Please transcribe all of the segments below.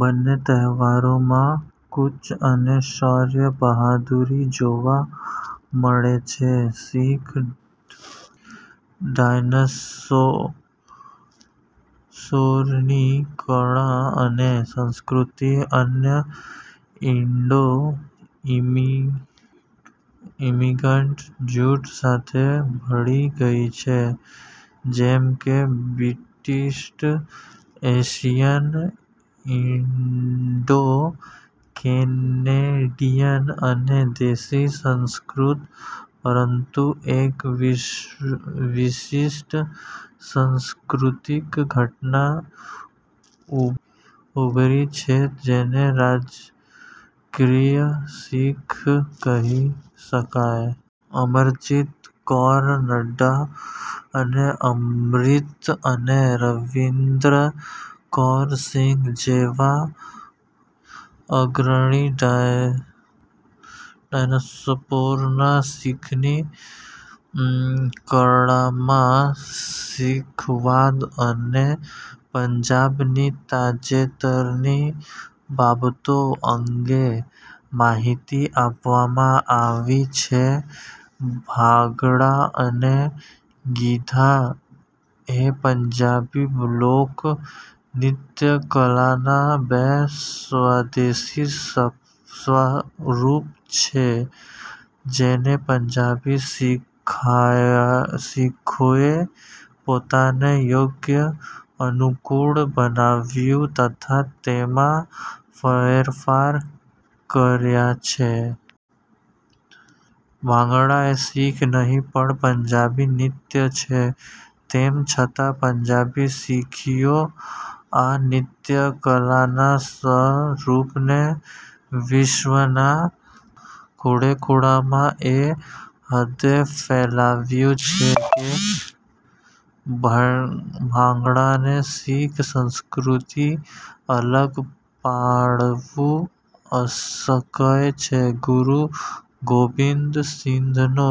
બન્ને તહેવારોમાં કૂચ અને શૌર્ય-બહાદુરી જોવા મળે છે. શીખ ડાયસપોરાની કળા અને સંસ્કૃતિ અન્ય ઇન્ડો-ઇમિગ્રન્ટ જૂથ સાથે ભળી ગઇ છે જેમ કે 'બ્રિટીશ એશિયન', 'ઇન્ડો કેનેડીયન' અને 'દેશી સંસ્કૃત', પરંતુ એક વિશિષ્ટ સાંસ્કૃતિક ઘટના ઉભરી છે જેને 'રાજકીય શીખ' કહી શકાય. અમરજીત કૌર નંધ્રા અને અમૃત અને રવિન્દર્ કૌર સિંઘ જેવા અગ્રણી ડાયસપોરા શીખની કળામાં શીખવાદ અને પંજાબની તાજેતરની બાબતો અંગે માહિતી આપવામાં આવી છે. ભાંગડા અને ગિધા એ પંજાબી લોક નૃત્યકલાના બે સ્વદેશી સ્વરૂપ છે જેને પંજાબી શીખોએ પોતાને યોગ્ય, અનુકૂળ બનાવ્યું તથા તેમાં ફેરફાર કર્યાં છે. ભાંગડા એ શીખ નહી પણ પંજાબી નૃત્ય છે તેમછતાં પંજાબી શીખોએ આ નૃત્યકલાના સ્વરૂપને વિશ્વના ખૂણેખૂણામાં એ હદે ફેલાવ્યું છે કે ભાંગડાને શીખ સંસ્કૃતિથી અલગ પાડવું અશક્ય છે. " ગુરુ ગોબિન્દ સિંઘનો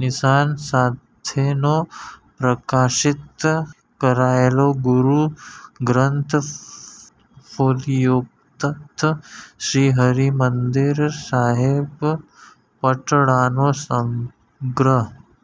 નિસાન સાથેનો પ્રકાશિત કરાયેલો ગુરુ ગ્રંથ ફોલિયોતખ્ત શ્રી હરિમંદિર સાહિબ, પટણાનો સંગ્રહ।